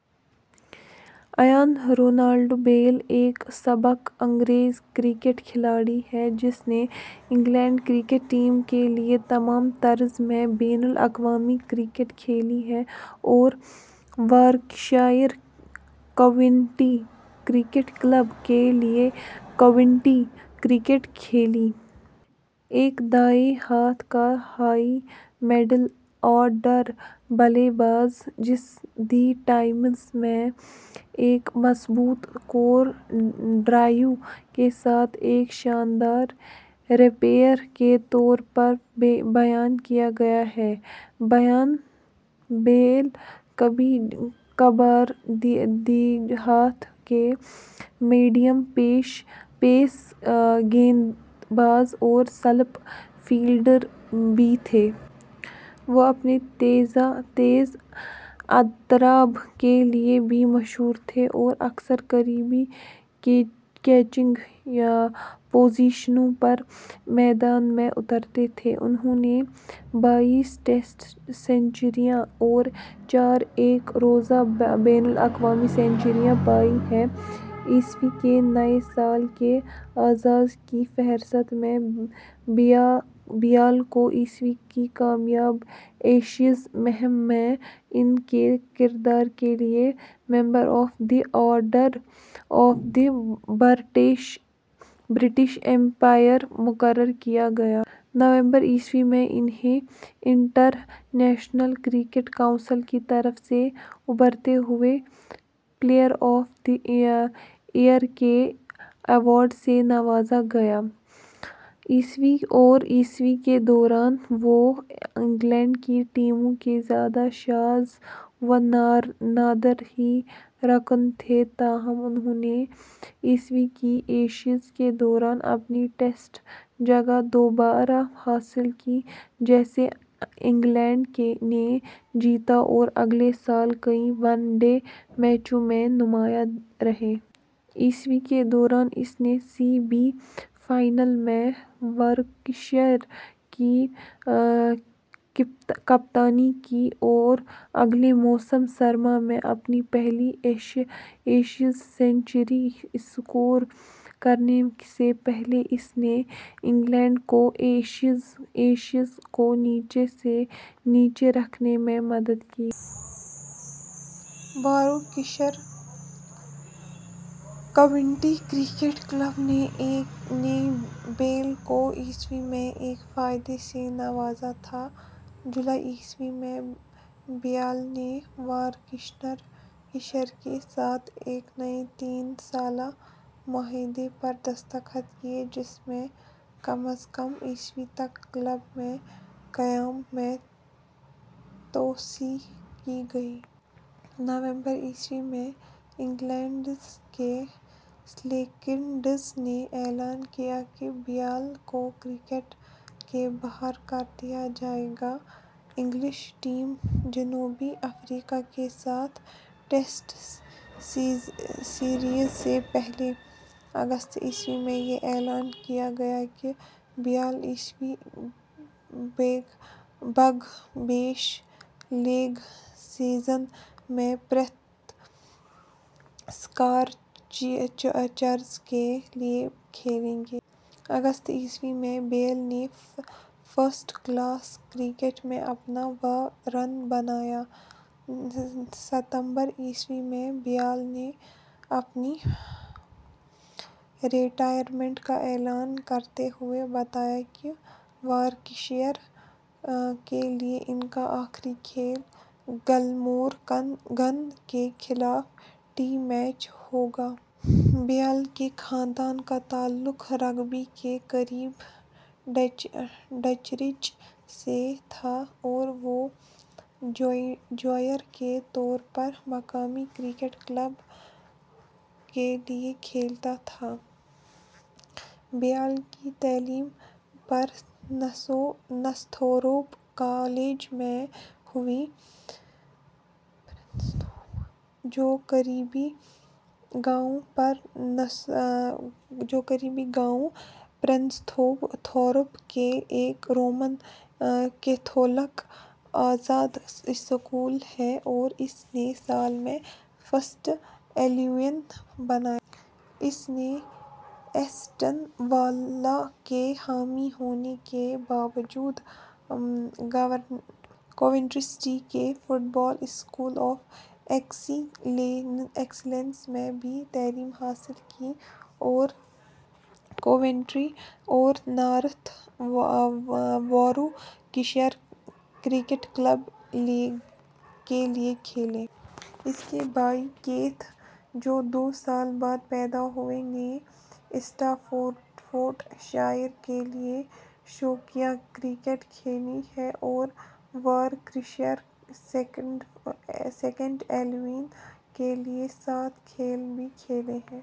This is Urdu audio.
ایان رونالڈ بیل ایک سابق انگریز کرکٹ کھلاڑی ہے جس نے انگلینڈ کرکٹ ٹیم کے لیے تمام طرز میں بین الاقوامی کرکٹ کھیلی اور وارکشائر کاؤنٹی کرکٹ کلب کے لیے کاؤنٹی کرکٹ کھیلی۔ ایک دائیں ہاتھ کا ہائی/مڈل آرڈر بلے باز، جسے دی ٹائمز میں ایک مضبوط کور ڈرائیو کے ساتھ ایک "شاندار ریپیر" کے طور پر بیان کیا گیا ہے، بیل کبھی کبھار دائیں ہاتھ کے میڈیم پیس گیند باز اور سلپ فیلڈر بھی تھے۔ وہ اپنے تیز اضطراب کے لیے بھی مشہور تھے اور اکثر قریبی کیچنگ پوزیشنوں پر میدان میں اترتے تھے۔ انھوں نے بائیس ٹیسٹ سنچریاں اور چار ایک روزہ بین الاقوامی سنچریاں بنائے۔ ء کے نئے سال کے اعزاز کی فہرست میں، بیل کو ء کی کامیاب ایشز مہم میں ان کے کردار کے لیے Member of the Order of the British Empire مقرر کیا گیا۔ نومبر ء میں انھیں انٹرنیشنل کرکٹ کونسل کی طرف سے ابھرتے ہوئے پلیئر آف دی ایئر کے ایوارڈ سے نوازا گیا۔ ء اور ء کے دوران، وہ انگلینڈ کی ٹیموں کے زیادہ شاذ و نادر ہی رکن تھے تاہم انھوں نے ء کی ایشز کے دوران اپنی ٹیسٹ جگہ دوبارہ حاصل کی، جسے انگلینڈ نے جیتا اور اگلے سال کئی ون ڈے میچوں میں نمایاں رہے۔ ء کے دوران، اس نے سی بی فائنل میں وارکشائر کی کپتانی کی اور اگلے موسم سرما میں اپنی پہلی ایشز سنچری اسکور کرنے سے پہلے اس نے انگلینڈ کو ایشز کو نیچے سے نیچے رکھنے میں مدد کی۔ واروکشائر کاؤنٹی کرکٹ کلب نے بیل کو ء میں ایک فائدہ سے نوازا تھا۔ جولائی ء میں، بیل نے واروکشائر کے ساتھ ایک نئے تین سالہ معاہدے پر دستخط کیے جس میں کم از کم ء تک کلب میں قیام میں توسیع کی گئی۔ نومبر ء میں، انگلینڈ کے سلیکٹرز نے اعلان کیا کہ بیل کو کرکٹ سے باہر کر دیا جائے گا۔ انگلش ٹیم جنوبی افریقہ کے ساتھ ٹیسٹ سیریز سے پہلے۔ اگست ء میں، یہ اعلان کیا گیا کہ بیل - ء بگ بیش لیگ سیزن میں پرتھ سکارچرز کے لیے کھیلیں گے۔ اگست ء میں، بیل نے فرسٹ کلاس کرکٹ میں اپنا واں رن بنایا۔ ستمبر ء میں، بیل نے اپنی ریٹائرمنٹ کا اعلان کرتے ہوئے بتایا کہ واروکشائر کے لیے ان کا آخری کھیل گلمورگن کے خلاف ٹی میچ ہوگا۔ بیل کے خاندان کا تعلق رگبی کے قریب ڈنچرچ سے تھا اور وہ جونیئر کے طور پر مقامی کرکٹ کلب کے لیے کھیلتا تھا۔ بیل کی تعلیم پرنستھورپ کالج میں ہوئی، جو قریبی گاؤں پرنستھورپ کے ایک رومن کیتھولک آزاد اسکول ہے اور اس نے سال میں فسٹ الیون بنایا۔ اس نے ایسٹن ولا کے حامی ہونے کے باوجود، کوونٹری سٹی کے football school of excellence میں بھی تعلیم حاصل کی اور کوونٹری اور نارتھ واروکشائر کرکٹ کلب کے لیے کھیلے۔ اس کے بھائی کیتھ، جو دو سال بعد پیدا ہوئے، نے اسٹافورڈ شائر کے لیے شوقیہ کرکٹ کھیلی ہے اور وارکشائر سیکنڈ الیون کے لیے سات کھیل بھی کھیلے ہیں۔